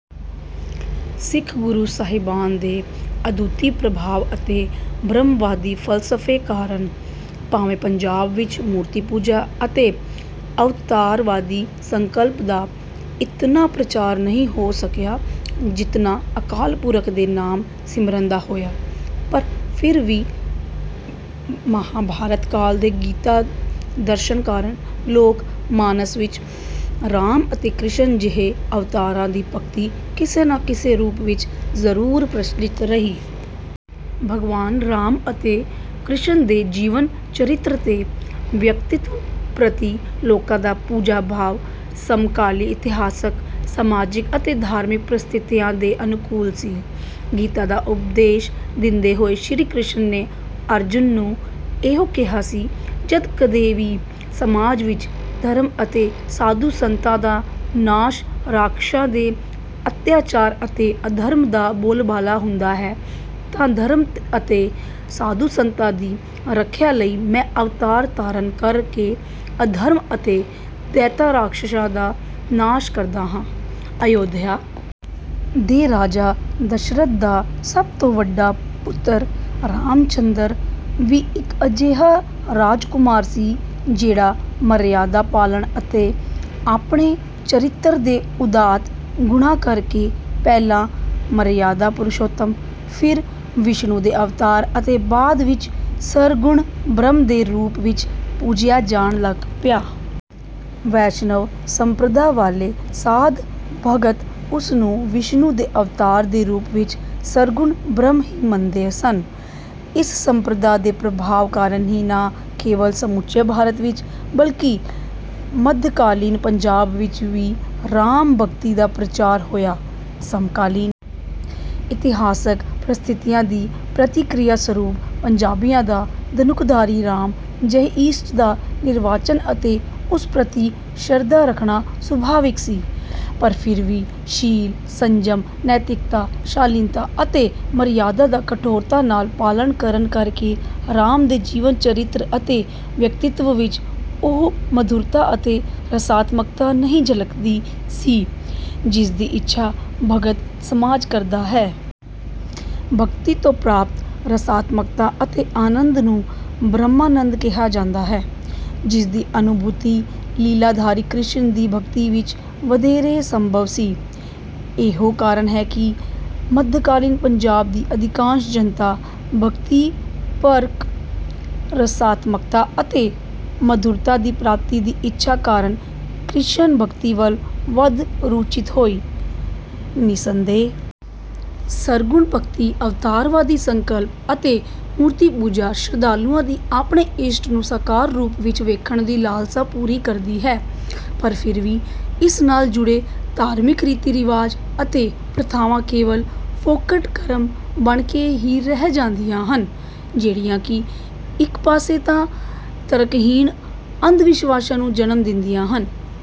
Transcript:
ਸਿੱਖ ਗੁਰੂ ਸਾਹਿਬਾਨ ਦੇ ਅਦੁੱਤੀ ਪ੍ਰਭਾਵ ਅਤੇ ਬ੍ਰਹਮਵਾਦੀ ਫ਼ਲਸਫ਼ੇ ਕਾਰਨ ਭਾਵੇਂ ਪੰਜਾਬ ਵਿੱਚ ਮੂਰਤੀ ਪੂਜਾ ਅਤੇ ਅਵਤਾਰਵਾਦੀ ਸੰਕਲਪ ਦਾ ਇਤਨਾ ਪ੍ਰਚਾਰ ਨਹੀਂ ਹੋ ਸਕਿਆ ਜਿਤਨਾ ਅਕਾਲ ਪੁਰਖ ਦੇ ਨਾਮ ਸਿਮਰਨ ਦਾ ਹੋਇਆ, ਪਰ ਫਿਰ ਵੀ ਮਹਾਭਾਰਤ ਕਾਲ ਦੇ ਗੀਤਾ ਦਰਸ਼ਨ ਕਾਰਨ ਲੋਕ-ਮਾਨਸ ਵਿੱਚ ਰਾਮ ਅਤੇ ਕ੍ਰਿਸ਼ਨ ਜਿਹੇ ਅਵਤਾਰਾਂ ਦੀ ਭਗਤੀ ਕਿਸੇ ਨਾ ਕਿਸੇ ਰੂਪ ਵਿੱਚ ਜ਼ਰੂਰ ਪ੍ਰਚਲਿਤ ਰਹੀ। ਭਗਵਾਨ ਰਾਮ ਅਤੇ ਕ੍ਰਿਸ਼ਨ ਦੇ ਜੀਵਨ-ਚਰਿਤ ਤੇ ਵਿਅਕਤਿਤਵ ਪ੍ਰਤੀ ਲੋਕਾਂ ਦਾ ਪੂਜਾ-ਭਾਵ ਸਮਕਾਲੀ ਇਤਿਹਾਸਕ, ਸਮਾਜਿਕ ਅਤੇ ਧਾਰਮਿਕ ਪ੍ਰਸਥਿਤੀਆਂ ਦੇ ਅਨੁਕੂਲ ਸੀ। ਗੀਤਾ ਦਾ ਉਪਦੇਸ਼ ਦਿੰਦੇ ਹੋਏ ਸ਼੍ਰੀ ਕ੍ਰਿਸ਼ਨ ਨੇ ਅਰਜੁਨ ਨੂੰ ਇਹੋ ਕਿਹਾ ਸੀ, "ਜਦ ਕਦੇ ਵੀ ਸਮਾਜ ਵਿੱਚ ਧਰਮ ਅਤੇ ਸਾਧੂ-ਸੰਤਾਂ ਦਾ ਨਾਸ਼, ਰਾਖਸ਼ਾਂ ਦੇ ਅੱਤਿਆਚਾਰ ਅਤੇ ਅਧਰਮ ਦਾ ਬੋਲਬਾਲਾ ਹੁੰਦਾ ਹੈ, ਤਾਂ ਧਰਮ ਅਤੇ ਸਾਧੂ-ਸੰਤਾਂ ਦੀ ਰੱਖਿਆ ਲਈ ਮੈਂ ਅਵਤਾਰ ਧਾਰਨ ਕਰ ਕੇ ਅਧਰਮ ਅਤੇ ਦੈਂਤਾਂ-ਰਾਖਸ਼ਾਂ ਦਾ ਨਾਸ਼ ਕਰਦਾ ਹਾਂ।"ਅਯੋਧਿਆ ਦੇ ਰਾਜਾ ਦਸ਼ਰਥ ਦਾ ਸਭ ਤੋਂ ਵੱਡਾ ਪੁੱਤਰ ਰਾਮਚੰਦਰ ਵੀ ਇੱਕ ਅਜਿਹਾ ਰਾਜਕੁਮਾਰ ਸੀ, ਜਿਹੜਾ ਮਰਿਆਦਾ ਪਾਲਣ ਅਤੇ ਆਪਣੇ ਚਰਿੱਤਰ ਦੇ ਉਦਾਤ ਗੁਣਾਂ ਕਰ ਕੇ ਪਹਿਲਾਂ 'ਮਰਿਆਦਾ ਪੁਰਸ਼ੋਤਮ', ਫਿਰ ਵਿਸ਼ਨੂੰ ਦੇ ਅਵਤਾਰ ਅਤੇ ਬਾਅਦ ਵਿੱਚ ਸਰਗੁਣ ਬ੍ਰਹਮ ਦੇ ਰੂਪ ਵਿੱਚ ਪੂਜਿਆ ਜਾਣ ਲੱਗ ਪਿਆ। ਵੈਸ਼ਨਵ ਸੰਪਰਦਾ ਵਾਲੇ ਸਾਧ-ਭਗਤ ਉਸ ਨੂੰ ਵਿਸ਼ਨੂੰ ਦੇ ਅਵਤਾਰ ਦੇ ਰੂਪ ਵਿੱਚ ਸਰਗੁਣ ਬ੍ਰਹਮ ਹੀ ਮੰਨਦੇ ਸਨ। ਇਸ ਸੰਪਰਦਾ ਦੇ ਪ੍ਰਭਾਵ ਕਾਰਨ ਹੀ ਨਾ ਕੇਵਲ ਸਮੁੱਚੇ ਭਾਰਤ ਵਿੱਚ, ਬਲਕਿ ਮੱਧਕਾਲੀਨ ਪੰਜਾਬ ਵਿੱਚ ਵੀ ਰਾਮ ਭਗਤੀ ਦਾ ਪ੍ਰਚਾਰ ਹੋਇਆ। ਸਮਕਾਲੀਨ ਇਤਿਹਾਸਕ ਪ੍ਰਸਥਿਤੀਆਂ ਦੀ ਪ੍ਰਤੀਕਿਰਿਆ ਸਰੂਪ ਪੰਜਾਬੀਆਂ ਦਾ ਧਨੁਖਧਾਰੀ ਰਾਮ ਜਿਹੇ ਇਸ਼ਟ ਦਾ ਨਿਰਵਾਚਨ ਅਤੇ ਉਸ ਪ੍ਰਤੀ ਸ਼ਰਧਾ ਰੱਖਣਾ ਸੁਭਾਵਿਕ ਸੀ। ਪਰ ਫਿਰ ਵੀ ਸ਼ੀਲ, ਸੰਜਮ, ਨੈਤਿਕਤਾ, ਸ਼ਾਲੀਨਤਾ ਅਤੇ ਮਰਿਆਦਾ ਦਾ ਕਠੋਰਤਾ ਨਾਲ ਪਾਲਣ ਕਰਨ ਕਰ ਕੇ ਰਾਮ ਦੇ ਜੀਵਨ-ਚਰਿੱਤਰ ਅਤੇ ਵਿਅਕਤਿਤਵ ਵਿੱਚ ਉਹ ਮਧੁਰਤਾ ਅਤੇ ਰਸਾਤਮਕਤਾ ਨਹੀਂ ਝਲਕਦੀ ਸੀ, ਜਿਸ ਦੀ ਇੱਛਾ ਭਗਤ-ਸਮਾਜ ਕਰਦਾ ਹੈ। ਭਗਤੀ ਤੋਂ ਪ੍ਰਾਪਤ ਰਸਾਤਮਕਤਾ ਅਤੇ ਆਨੰਦ ਨੂੰ 'ਬ੍ਰਹਮਾਨੰਦ' ਕਿਹਾ ਜਾਂਦਾ ਹੈ, ਜਿਸ ਦੀ ਅਨੁਭੂਤੀ ਲੀਲਾਧਾਰੀ ਕ੍ਰਿਸ਼ਨ ਦੀ ਭਗਤੀ ਵਿੱਚ ਵਧੇਰੇ ਸੰਭਵ ਸੀ। ਇਹੋ ਕਾਰਨ ਹੈ ਕਿ ਮੱਧਕਾਲੀਨ ਪੰਜਾਬ ਦੀ ਅਧਿਕਾਂਸ਼ ਜਨਤਾ ਭਗਤੀਪਰਕ ਰਸਾਤਮਕਤਾ ਅਤੇ ਮਧੁਰਤਾ ਦੀ ਪ੍ਰਾਪਤੀ ਦੀ ਇੱਛਾ ਕਾਰਨ ਕ੍ਰਿਸ਼ਨ ਭਗਤੀ ਵੱਲ ਵੱਧ ਰੁਚਿਤ ਹੋਈ। ਨਿਸੰਦੇਹ ਸਰਗੁਣ ਭਗਤੀ, ਅਵਤਾਰਵਾਦੀ ਸੰਕਲਪ ਅਤੇ ਮੂਰਤੀ ਪੂਜਾ ਸ਼ਰਧਾਲੂਆਂ ਦੀ ਆਪਣੇ ਇਸ਼ਟ ਨੂੰ ਸਾਕਾਰ ਰੂਪ ਵਿੱਚ ਵੇਖਣ ਦੀ ਲਾਲਸਾ ਪੂਰੀ ਕਰਦੀ ਹੈ, ਪਰ ਫਿਰ ਵੀ ਇਸ ਨਾਲ ਜੁੜੇ ਧਾਰਮਿਕ ਰੀਤੀ-ਰਿਵਾਜ ਅਤੇ ਪ੍ਰਥਾਵਾਂ ਕੇਵਲ ਫੋਕਟ ਕਰਮ ਬਣ ਕੇ ਹੀ ਰਹਿ ਜਾਂਦੀਆਂ ਹਨ, ਜਿਹੜੀਆਂ ਕਿ ਇੱਕ ਪਾਸੇ ਤਾਂ ਤਰਕਹੀਣ ਅੰਧ-ਵਿਸ਼ਵਾਸ ਨੂੰ ਜਨਮ ਦਿੰਦੀਆਂ ਹਨ..